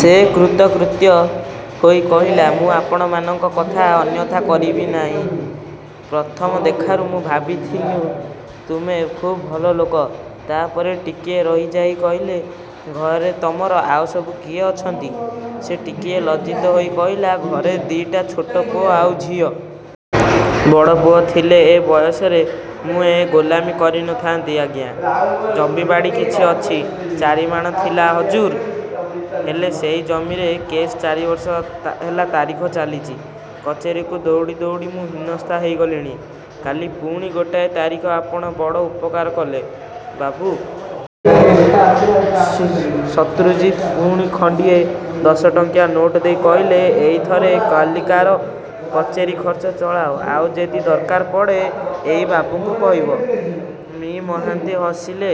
ସେ କୃତକୃତ୍ୟ ହୋଇ କହିଲା, 'ମୁଁ ଆପଣମାନଙ୍କ କଥା ଅନ୍ୟଥା କରିବି ନାହିଁ, ଆଜ୍ଞା! ' 'ପ୍ରଥମ ଦେଖାରୁ ଆମେ ଭାବିଥିଲୁଁ ତମେ ଖୁବ୍ ଭଲ ଲୋକ। ' ତା'ପରେ ଟିକିଏ ରହିଯାଇ କହିଲେ, 'ଘରେ ତମର ଆଉ ସବୁ କିଏ ଅଛନ୍ତି? ' ସେ ଟିକିଏ ଲଜ୍ଜିତ ହୋଇ କହିଲା, 'ଘରେ ଦି'ଟା ଛୋଟ ପୁଅ ଆଉ ଝିଅ। ବଡ଼ପୁଅ ଥିଲେ ଏ ବୟସରେ ମୁଁ ଏ ଗୋଲାମୀ କରି ନ ଥାନ୍ତି, ଆଜ୍ଞା! 'ଜମିବାଡ଼ି କିଛି ଅଛି? ' 'ଚାରିମାଣ ଥିଲା, ହଜୁର! ହେଲେ ସେଇ ଜମିରେ କେସ୍ ଚାରିବର୍ଷ ହେଲା ତାରିଖ ଚାଲିଛି। କଚେରୀକୁ ଦୌଡ଼ି ଦୌଡ଼ି ମୁଁ ହୀନସ୍ତା ହେଇଗଲିଣି। କାଲି ପୁଣି ଗୋଟିଏ ତାରିଖ ଆପଣ ବଡ଼ ଉପକାର କଲେ, ବାବୁ! ' ଶତ୍ରୁଜିତ ପୁଣି ଖଣ୍ତିଏ ଦଶଟଙ୍କିଆ ନୋଟ ଦେଇ କହିଲେ, 'ଏଇଥରେ କାଲିକାର କଚେରୀଖର୍ଚ୍ଚ ଚଳାଅ–ଆଉ ଯଦି ଦରକାର ପଡ଼େ ଏଇ ବାବୁଙ୍କୁ କହିବ। ' ମି; ମହାନ୍ତି ହସିଲେ,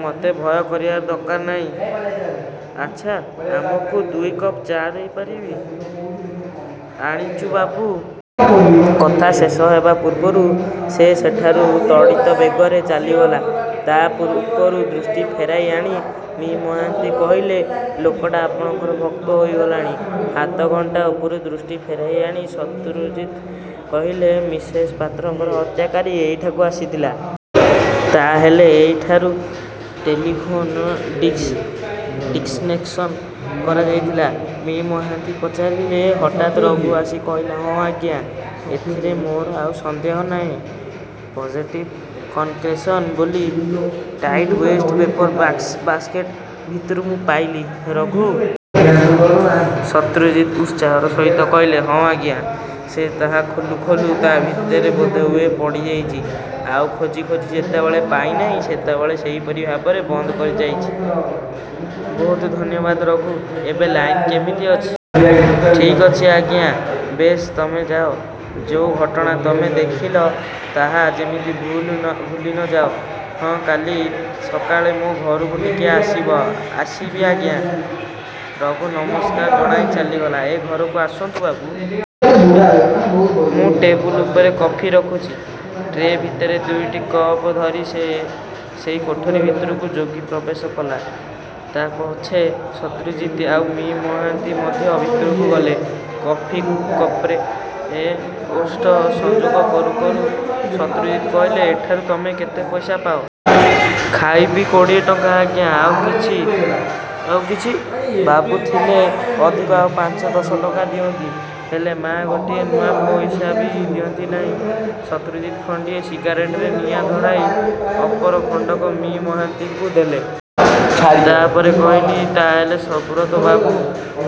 'ମୋତେ ଭୟ କରିବାର ଦରକାର ନାହିଁ। ଆଚ୍ଛା, ଆମକୁ ଦୁଇକପ୍ ଚା' ଦେଇପାରିବି? ' 'ଆଣୁଚି, ବାବୁ! ' କଥା ଶେଷ ହେବା ପୂର୍ବରୁ ସେ ସେଠାରୁ ତଡ଼ିତ୍ ବେଗରେ ଚାଲିଗଲା-। ତା' ଉପରୁ ଦୃଷ୍ଟି ଫେରାଇ ଆଣି ମି; ମହାନ୍ତି କହିଲେ, 'ଲୋକଟା ଆପଣଙ୍କର ଭକ୍ତ ହୋଇଗଲାଣି-। ' ହାତଘଣ୍ଟା ଉପରୁ ଦୃଷ୍ଟି ଫେରାଇଆଣି ଶତ୍ରୁଜିତ କହିଲେ, 'ମିସେସ୍ ପାତ୍ରଙ୍କର ହତ୍ୟାକାରୀ ଏଇଠାକୁ ଆସିଥିଲା। ' 'ତା' ହେଲେ ଏଇଠାରୁ ଟେଲିଫୋନ ଡିସ୍କନେକସନ କରାଯାଇଥିଲା? ' ମି: ମହାନ୍ତି ପଚାରିଲେ। ହଠାତ୍ ରଘୁ ଆସି କହିଲା, 'ହଁ ଆଜ୍ଞା! ଏଥିରେ ମୋର ଆଉ ସନ୍ଦେହ ନାହିଁ। ପଜେଟିଭ କନେକସନ୍ର ବୋଲ୍ ଟାଇଟି ଓ୍ୱେଷ୍ଟ ପେପର ବାସକେଟ ଭିତରୁ ମୁଁ ପାଇଲି। ' 'ରଘୁ! ' ଶତ୍ରୁଜିତ ଉତ୍ସାହର ସହିତ କହିଲେ। 'ହଁ, ଆଜ୍ଞା! ସେ ତାହା ଖୋଲୁ ଖୋଲୁ ତା' ଭିତରେ ବୋଧହୁଏ ପଡ଼ିଯାଇଛି, ଆଉ ଖୋଜି ଖୋଜି ଯେତେବେଳେ ପାଇନାହିଁ ସେତେବେଳେ ସେହିପରି ଭାବରେ ବନ୍ଦ କରି ଚାଲିଯାଇଛି। ' 'ବହୁତ ଧନ୍ୟବାଦ, ରଘୁ! ଏବେ ଲାଇନ କେମିତି ଅଛି? 'ଠିକ୍ ଅଛି, ଆଜ୍ଞା! ' 'ବେଶ୍ ତମେ ଯାଅ। ଯୋଉ ଘଟଣା ତମେ ଦେଖିଲ ତାହା ଯେମିତି ଭୁଲି ନ ଯାଅ। ହିଁ, କାଲି ସକାଳେ ମୋ ଘରକୁ ଟିକିଏ ଆସିବ। ' 'ଆସିବି, ଆଜ୍ଞା! ' ରଘୁ ନମସ୍କାର ଜଣାଇ ଚାଲିଗଲା। 'ଏ ଘରକୁ ଆସନ୍ତୁ, ବାବୁ! ମୁଁ ଟେବୁଲ ଉପରେ କଫି ରଖୁଚି। ' ଟ୍ରେ ଭିତରେ ଦୁଇଟି କପ୍ ଧରି ସେଇ କୋଠରି ଭିତରକୁ ଯୋଗୀ ପ୍ରବେଶ କଲା। ' 'ତା' ପଛେ ଶତ୍ରୁଜିତ ଆଉ ମି: ମହାନ୍ତି ମଧ୍ୟ ଭିତରକୁ ଗଲେ। କଫି କପ୍ରେ ଓଷ୍ଠ ସଂଯୋଗ କରୁ କରୁ ଶତ୍ରୁଜିତ କହିଲେ, 'ଏଠାରୁ ତମେ କେତେ ପଇସା ପାଅ? ' 'ଖାଇ ପିଇ କୋଡ଼ିଏ ଟଙ୍କା, ଆଜ୍ଞା! ' 'ଆଉ କିଛି? ' 'ବାବୁ ଥିଲେ ଅଧିକ ଆଉ ପାଞ୍ଚ ଦଶ ଟଙ୍କା ଦିଅନ୍ତି। ହେଲେ ମା ଗୋଟିଏ ନୂଆ ପଇସା ବି ଦିଅନ୍ତି ନାହିଁ। ' ଶତ୍ରୁଜିତ ଖଣ୍ତିଏ ସିଗାରେଟରେ ନିଆଁ ଧରାଇ ଅପର ଖଣ୍ତକ ମି: ମହାନ୍ତିଙ୍କୁ ଦେଲେ। ତା'ପରେ କହିଲେ, 'ତା'ହେଲେ ସୁବ୍ରତବାବୁ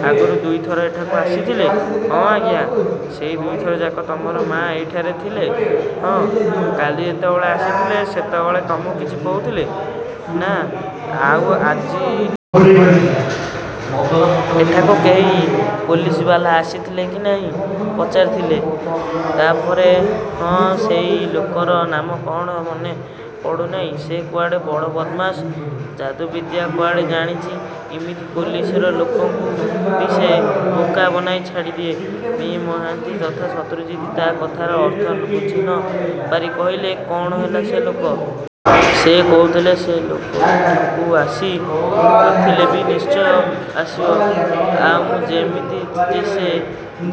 ଆଗରୁ ଦୁଇ ଥର ଏଠାକୁ ଆସିଥିଲେ? ' 'ହଁ, ଆଜ୍ଞା! ' 'ସେଇ ଦୁଇଥରଯାକ ତମର ମାଆ ଏଇଠାରେ ଥିଲେ? ' 'ହଁ। ' 'କାଲି ଯେତେବେଳେ ଆସିଥିଲେ ସେତେବେଳେ ତମକୁ କିଛି କହୁଥିଲେ? ' 'ନା। ' 'ଆଉ ଆଜି? ' 'ଏଠାକୁ କେହି ପୋଲିସବାଲା ଆସିଥିଲେ କି ନାହିଁ ପଚାରିଥିଲେ। ତା'ପରେ ହଁ ସେଇ ଲୋକର ନାମ କଣ ମନେ ପଡ଼ୁନାହିଁ ସେ କୁଆଡ଼େ ବଡ଼ ବଦମାସ। ଯାଦୁବିଦ୍ୟା କୁଆଡ଼େ ଜାଣିଛି ଇମିତି ପୋଲିସର ଲୋକଙ୍କୁ ବି ସେ ବୋକା ବନାଇ ଛାଡ଼ିଦିଏ ' ମି: ମହାନ୍ତି ତଥା ଶତ୍ରୁଜିତ ତା'କଥାର ଅର୍ଥ ବୁଝି ନ ପାରି କହିଲେ, କ'ଣ ହେଲା ସେ ଲୋକ? ' 'ସେ କହୁଥିଲେ, ସେ ଲୋକ ଏଠାକୁ ଆସି ନ ଥିଲେ ବି ନିଶ୍ଚୟ ଆସିବ। ଆଉ ମୁଁ ଯେମିତି ସେ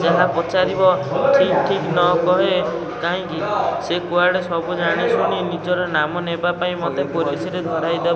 ଯାହା ପଚାରିବ ଠିକ୍ ଠିକ୍ ନ କହେଁ' 'କାହିଁକି? ' 'ସେ କୁଆଡ଼େ ସବୁ ଜାଣିଶୁଣି ନିଜର ନାମ ନେବାପାଇଁ ମୋତେ ପୋଲିସରେ ଧରାଇଦେବ।